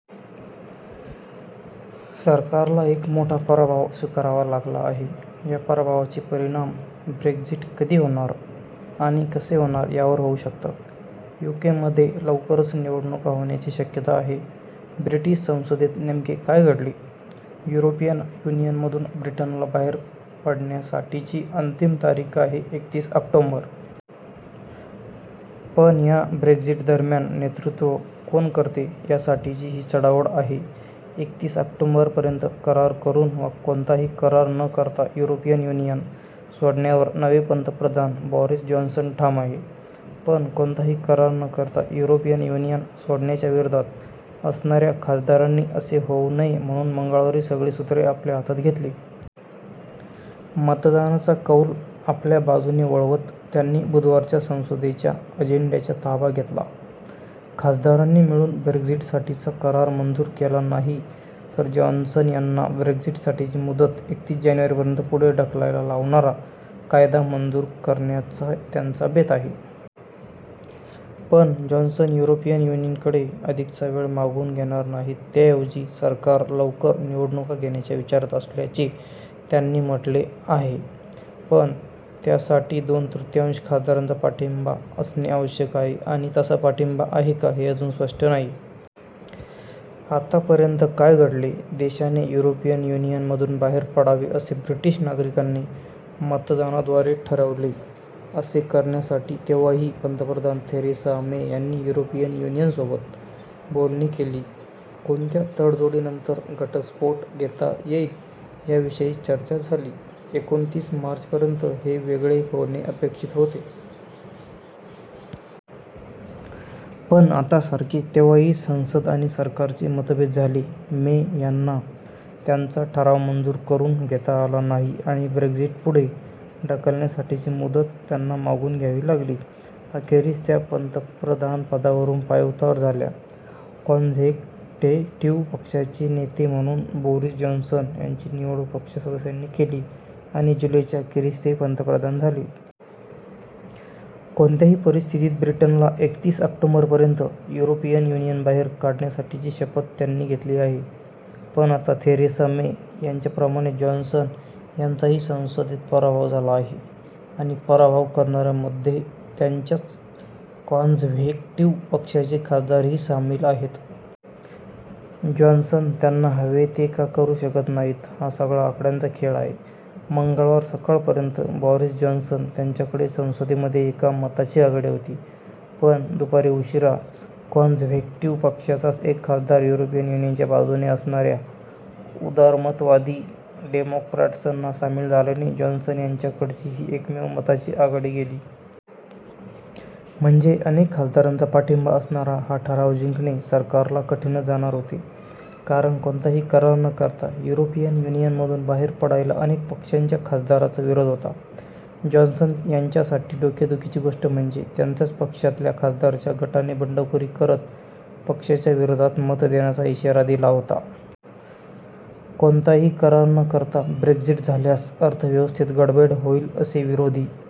सरकारला एक मोठा पराभव स्वीकारावा लागला आहे. या पराभवाचे परिणाम ब्रेक्झिट कधी होणार आणि कसे होणार यावर होऊ शकतात. युकेमध्ये लवकरच निवडणुका होण्याचीही शक्यता आहे. ब्रिटिश संसदेत नेमके काय घडले? युरोपियन युनियनमधून ब्रिटनला बाहेर पडण्यासाठीची अंतिम तारीख आहे एकतीस ऑक्टोबर. पण या ब्रेक्झिट दरम्यान नेतृत्व कोण करते यासाठीची ही चढाओढ आहे. एकतीस ऑक्टोबरपर्यंत करार करून वा कोणताही करार न करता युरोपियन युनियन सोडण्यावर नवे पंतप्रधान बोरिस जॉन्सन ठाम आहेत. पण कोणताही करार न करता युरोपियन युनियन सोडण्याच्या विरोधात असणाऱ्या खासदारांनी असे होऊ नये म्हणून मंगळवारी सगळी सूत्रे आपल्या हातात घेतली. मतदानाचा कौल आपल्या बाजूने वळवत त्यांनी बुधवारच्या संसदेच्या अजेंड्याचा ताबा घेतला. खासदारांनी मिळून ब्रेक्झिटसाठीचा करार मंजूर केला नाही तर जॉन्सन यांना ब्रेक्झिटसाठीची मुदत एकतीस जानेवारीपर्यंत पुढे ढकलायला लावणारा कायदा मंजूर करण्याचा त्यांचा बेत आहे. पण जॉन्सन युरोपियन युनियनकडे अधिकचा वेळ मागून घेणार नाहीत. त्याऐवजी सरकार लवकर निवडणुका घेण्याच्या विचारात असल्याचे त्यांनी म्हटले आहे. पण त्यासाठी दोन तृतीयांश खासदारांचा पाठिंबा असणे आवश्यक आहे आणि तसा पाठिंबा आहे का, हे अजून स्पष्ट नाही. आतापर्यंत काय घडले? देशाने युरोपियन युनियनमधून बाहेर पडावे असे ब्रिटिश नागरिकांनी मतदानाद्वारे ठरवले. असे करण्यासाठी तेव्हाच्या पंतप्रधान थेरेसा मे यांनी युरोपियन युनियनसोबत बोलणी केली. कोणत्या तडजोडींनंतर 'घटस्फोट' घेता येईल याविषयी चर्चा झाली. एकोणतीस मार्चपर्यंत हे वेगळे होणे अपेक्षित होते. पण आतासारखेच तेव्हाही संसद आणि सरकारचे मतभेद झाले. मे यांना त्यांचा ठराव मंजूर करून घेता आला नाही आणि ब्रेक्झिट पुढे ढकलण्यासाठीची मुदत त्यांना मागून घ्यावी लागली. अखेरीस त्या पंतप्रधानपदावरून पायउतार झाल्या. कॉन्झर्व्हेटिव्ह पक्षाचे नेते म्हणून बोरिस जॉन्सन यांची निवड पक्ष सदस्यांनी केली आणि जुलैच्या अखेरीस ते पंतप्रधान झाले. कोणत्याही परिस्थितीत ब्रिटनला एकतीस ऑक्टोबरपर्यंत युरोपियन युनियन बाहेर काढण्याची शपथ त्यांनी घेतली आहे. पण आता थेरेसा मे यांच्याप्रमाणेच जॉन्सन यांचाही संसदेत पराभव झाला आहे. आणि पराभव करणाऱ्यांमध्ये त्यांच्याच कॉन्झर्व्हेटिव्ह पक्षाचे खासदारही सामील आहेत. जॉन्सन त्यांना हवे ते का करू शकत नाहीत? हा सगळा आकड्यांचा खेळ आहे. मंगळवार सकाळपर्यंत बोरिस जॉन्सन यांच्याकडे संसदेमध्ये एका मताची आघाडी होती. पण दुपारी उशिरा कॉन्झर्व्हेटिव्ह पक्षाचाच एक खासदार युरोपियन युनियनच्या बाजूने असणाऱ्या उदारमतवादी डेमोक्रॅट्सना सामील झाल्याने जॉन्सन यांच्याकडची ही एकमेव मताची आघाडी गेली. म्हणजे अनेक खासदारांचा पाठिंबा असणारा हा ठराव जिंकणे सरकारला कठीणच जाणार होते. कारण कोणताही करार न करता युरोपियन युनियनमधून बाहेर पडायला अनेक पक्षांच्या खासदारांचा विरोध होता. जॉन्सन यांच्यासाठी डोकेदुखीची गोष्ट म्हणजे त्यांच्याच पक्षातल्या खासदारांच्या गटाने बंडखोरी करत पक्षाच्या विरोधात मत देण्याचा इशारा दिला होता. कोणताही करार न करता ब्रेक्झिट झाल्यास अर्थव्यवस्थेत गडबड होईल असे विरोधी